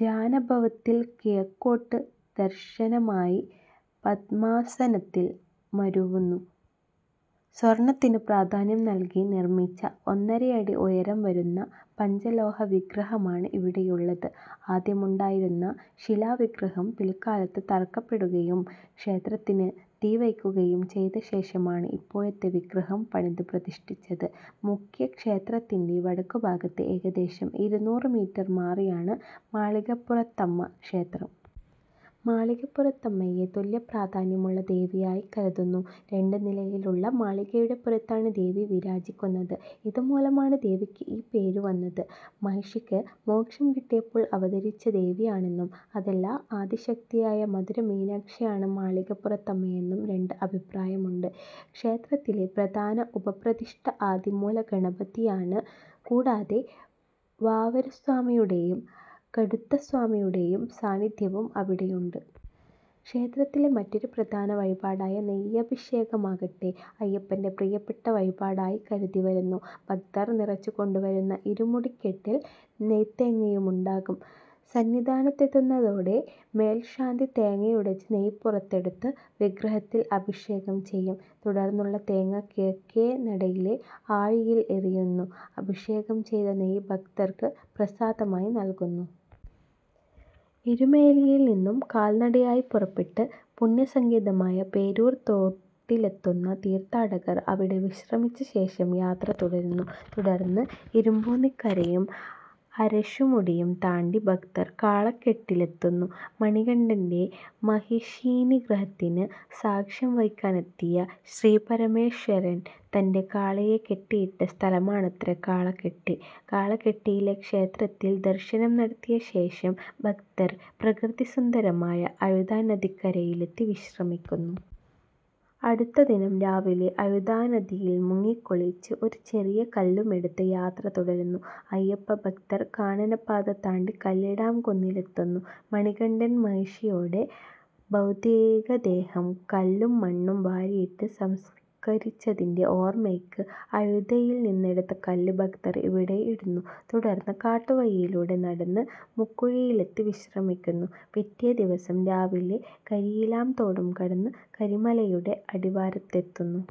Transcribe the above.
ധ്യാനഭാവത്തിൽ കിഴക്കോട്ട് ദർശനമായി പദ്മാസനത്തിൽ മരുവുന്നു. സ്വർണ്ണത്തിന് പ്രാധാന്യം നൽകി നിർമ്മിച്ച ഒന്നരയടി ഉയരം വരുന്ന പഞ്ചലോഹവിഗ്രഹമാണ് ഇവിടെയുള്ളത്. ആദ്യമുണ്ടായിരുന്ന ശിലാവിഗ്രഹം പിൽക്കാലത്ത് തകർക്കപ്പെടുകയും ക്ഷേത്രത്തിന് തീവയ്ക്കുകയും ചെയ്തശേഷമാണ് ഇപ്പോഴത്തെ വിഗ്രഹം പണിത് പ്രതിഷ്ഠിച്ചത്. മുഖ്യ ക്ഷേത്രത്തിന്റെ വടക്കുഭാഗത്ത് ഏകദേശം ഇരുനൂറ് മീറ്റർ മാറിയാണ് മാളികപ്പുറത്തമ്മക്ഷേത്രം. മാളികപ്പുറത്തമ്മയെ തുല്യപ്രാധാന്യമുള്ള ദേവിയായി കരുതുന്നു. രണ്ടുനിലയിലുള്ള മാളികയുടെ പുറത്താണ് ദേവി വിരാജിക്കുന്നത്. ഇതുമൂലമാണ് ദേവിക്ക് ഈ പേരുവന്നത്. മഹിഷിക്ക് മോക്ഷം കിട്ടിയപ്പോൾ അവതരിച്ച ദേവിയാണെന്നും അതല്ല ആദിശക്തിയായ മധുര മീനാക്ഷിയാണ് മാളികപ്പുറത്തമ്മയെന്നും രണ്ട് അഭിപ്രായമുണ്ട്. ക്ഷേത്രത്തിലെ പ്രധാന ഉപപ്രതിഷ്ഠ ആദിമൂല ഗണപതിയാണ്. കൂടാതെ വാവരുസ്വാമിയുടെയും കടുത്തസ്വാമിയുടെയും സാന്നിദ്ധ്യവും അവിടെയുണ്ട്. ക്ഷേത്രത്തിലെ മറ്റൊരു പ്രധാന വഴിപാടായ നെയ്യഭിഷേകമാകട്ടെ അയ്യപ്പന്റെ പ്രിയപ്പെട്ട വഴിപാടായി കരുതിവരുന്നു. ഭക്തർ നിറച്ചുകൊണ്ടുവരുന്ന ഇരുമുടിക്കെട്ടിൽ നെയ്ത്തേങ്ങയുമുണ്ടാകും. സന്നിധാനത്തെത്തുന്നതോടെ മേൽശാന്തി തേങ്ങയുടച്ച് നെയ്യ് പുറത്തെടുത്ത് വിഗ്രഹത്തിൽ അഭിഷേകം ചെയ്യും. തുടർന്നുള്ള തേങ്ങ കിഴക്കേ നടയിലെ ആഴിയിൽ എറിയുന്നു. അഭിഷേകം ചെയ്ത നെയ്യ് ഭക്തർക്ക് പ്രസാദമായി നൽകുന്നു. എരുമേലിയിൽ നിന്നും കാൽനടയായി പുറപ്പെട്ട് പുണ്യസങ്കേതമായ പേരൂർ തോട്ടിലെത്തുന്ന തീർത്ഥാടകർ അവിടെ വിശ്രമിച്ചശേഷം യാത്ര തുടരുന്നു. തുടർന്ന് ഇരുമ്പൂന്നിക്കരയും അരശുമുടിയും താണ്ടി ഭക്തർ കാളകെട്ടിയിലെത്തുന്നു. മണികണ്ഠന്റെ മഹിഷീനിഗ്രഹത്തിന് സാക്ഷ്യം വഹിക്കാനെത്തിയ ശ്രീപരമേശ്വരൻ തന്റെ കാളയെ കെട്ടിയിട്ട സ്ഥലമാണത്രേ കാളകെട്ടി. കാളകെട്ടിയിലെ ക്ഷേത്രത്തിൽ ദർശനം നടത്തിയശേഷം ഭക്തർ പ്രകൃതിസുന്ദരമായ അഴുതാനദിക്കരയിലെത്തി വിശ്രമിക്കുന്നു. അടുത്തദിനം രാവിലെ അഴുതാനദിയിൽ മുങ്ങിക്കുളിച്ച് ഒരു ചെറിയ കല്ലുമെടുത്ത് യാത്ര തുടരുന്ന അയ്യപ്പഭക്തർ കാനനപാത താണ്ടി കല്ലിടാംകുന്നിലെത്തുന്നു. മണികണ്ഠൻ മഹിഷിയുടെ ഭൗതികദേഹം കല്ലും മണ്ണും വാരിയിട്ട് സംസ്ക്കരിച്ചതിന്റെ ഓർമ്മയ്ക്ക് അഴുതയിൽ നിന്നെടുത്ത കല്ല് ഭക്തർ ഇവിടെ ഇടുന്നു. തുടർന്ന് കാട്ടുവഴിയിലൂടെ നടന്ന് മുക്കുഴിയിലെത്തി വിശ്രമിക്കുന്നു. പിറ്റേദിവസം രാവിലെ കരിയിലാംതോടും കടന്ന് കരിമലയുടെ അടിവാരത്തെത്തുന്നു.